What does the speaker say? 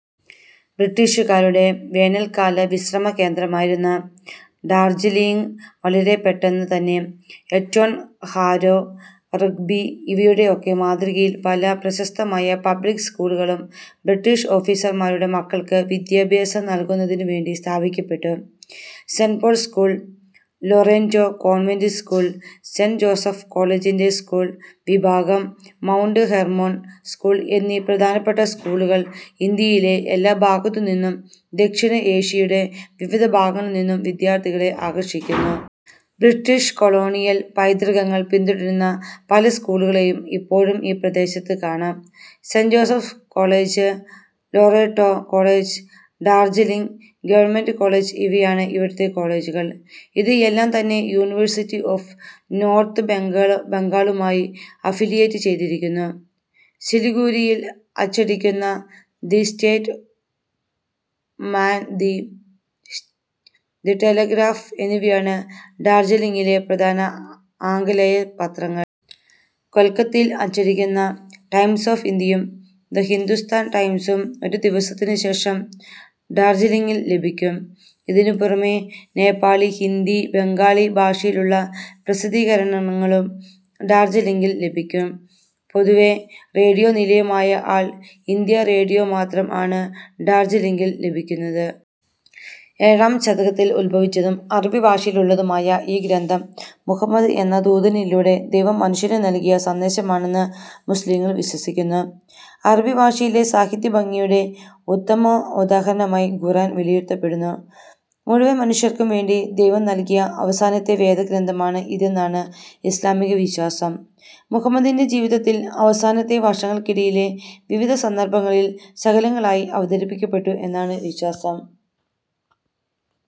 ബ്രിട്ടീഷുകാരുടെ വേനൽക്കാല വിശ്രമ കേന്ദ്രമായിരുന്ന ഡാർജീലിംഗ് വളരെ പെട്ടെന്ന് തന്നെ എറ്റോൺ, ഹാരോ, റഗ് ബി ഇവയുടെ ഒക്കെ മാതൃകയിൽ പല പ്രശസ്തമായ പബ്ലിക്ക് സ്കൂളുകളും ബ്രീട്ടിഷ് ഓഫീസർമാരുടെ മക്കൾക്ക് വിദ്യാഭ്യാസം നൽക്കുന്നതിനു വേണ്ടി സ്ഥാപിക്കപ്പെട്ടു. സെന്റ് പോൾസ് സ്കൂൾ, ലോറെന്റോ convent school, saint Joseph കോളേജിന്റെ സ്ക്കൂൾ വിഭാഗം, മൗണ്ട് ഹെർമോൺ സ്കൂൾ എന്നി പ്രധാനപ്പെട്ട സ്കൂളുകൾ ഇന്ത്യയിലെ എല്ലാ ഭാഗത്തു നിന്നും ദക്ഷിണ ഏഷ്യയുടെ വിവിധ ഭാഗങ്ങളിൽ നിന്നും വിദ്യാർത്ഥികളെ ആകർഷിക്കുന്നു. ബ്രിട്ടിഷ് കൊളോണിയൽ പൈതൃകങ്ങൾ പിന്തുടരുന്ന പല സ്ക്കൂളുകളേയും ഇപ്പോഴും ഈ പ്രദേശത്ത് കാണാം. Saint Joseph's college, Loreto college, Darjeeling government college ഇവയാണ് ഇവിടുത്തെ കോളേജുകൾ. ഇത് എല്ലാം തന്നെ യൂണിവേഴ്സിറ്റി ഓഫ് നോർത്ത് ബംഗാളുമായി അഫിലിയേറ്റ് ചെയ്തിരിക്കുന്നു. സിലിഗുരിയിൽ അച്ചടിക്കുന്ന the Statesman, the Telegraph എന്നിവയാണ് ഡാർജിലിംഗിലെ പ്രധാന ആംഗലേയ പത്രങ്ങൾ. കൊൽകൊത്തയിൽ അച്ചടിക്കുന്ന ടൈംസ് ഓഫ് ഇന്ത്യയും, ദ ഹിന്ദുസ്ഥാൻ ടൈംസും ഒരു ദിവസത്തിനുശേഷം ഡാർജിലിംഗിൽ ലഭിക്കും. ഇതിനു പുറമേ നേപ്പാളി, ഹിന്ദി, ബംഗാളി ഭാഷയിൽ ഉള്ള പ്രസിദ്ധീകരണങ്ങളും ഡാർജിലിംഗിൽ ലഭിയ്ക്കും. പൊതു റേഡിയോ നിലയം ആയ ആൾ ഇന്ത്യ റേഡിയോ മാത്രം ആണ് ഡാർജിലിംഗിൽ ലഭിയ്ക്കുന്നത്. ഏഴാം ശതകത്തിൽ ഉത്ഭവിച്ചതും അറബി ഭാഷയിലുള്ളതുമായ ഈ ഗ്രന്ഥം, മുഹമ്മദ് എന്ന ദൂതനിലൂടെ ദൈവം മനുഷ്യനു നൽകിയ സന്ദേശമാണെന്ന് മുസ്ലിംകൾ വിശ്വസിക്കുന്നു. അറബി ഭാഷയിലെ സാഹിത്യഭംഗിയുടെ ഉത്തമോദാഹരണമായി ഖുർആൻ വിലയിരുത്തപ്പെടുന്നു. മുഴുവൻ മനുഷ്യർക്കും വേണ്ടി ദൈവം നൽകിയ അവസാനത്തെ വേദഗ്രന്ഥമാണ് ഇതെന്നാണ് ഇസ്ലാമികവിശ്വാസം. മുഹമ്മദിന്റെ ജീവിതത്തിൽ, അവസാനത്തെ വർഷങ്ങൾക്കിടയിലെ വിവിധ സന്ദർഭങ്ങളിൽ ശകലങ്ങളായി അവതരിപ്പിക്കപ്പെട്ടു എന്നാണ് വിശ്വാസം.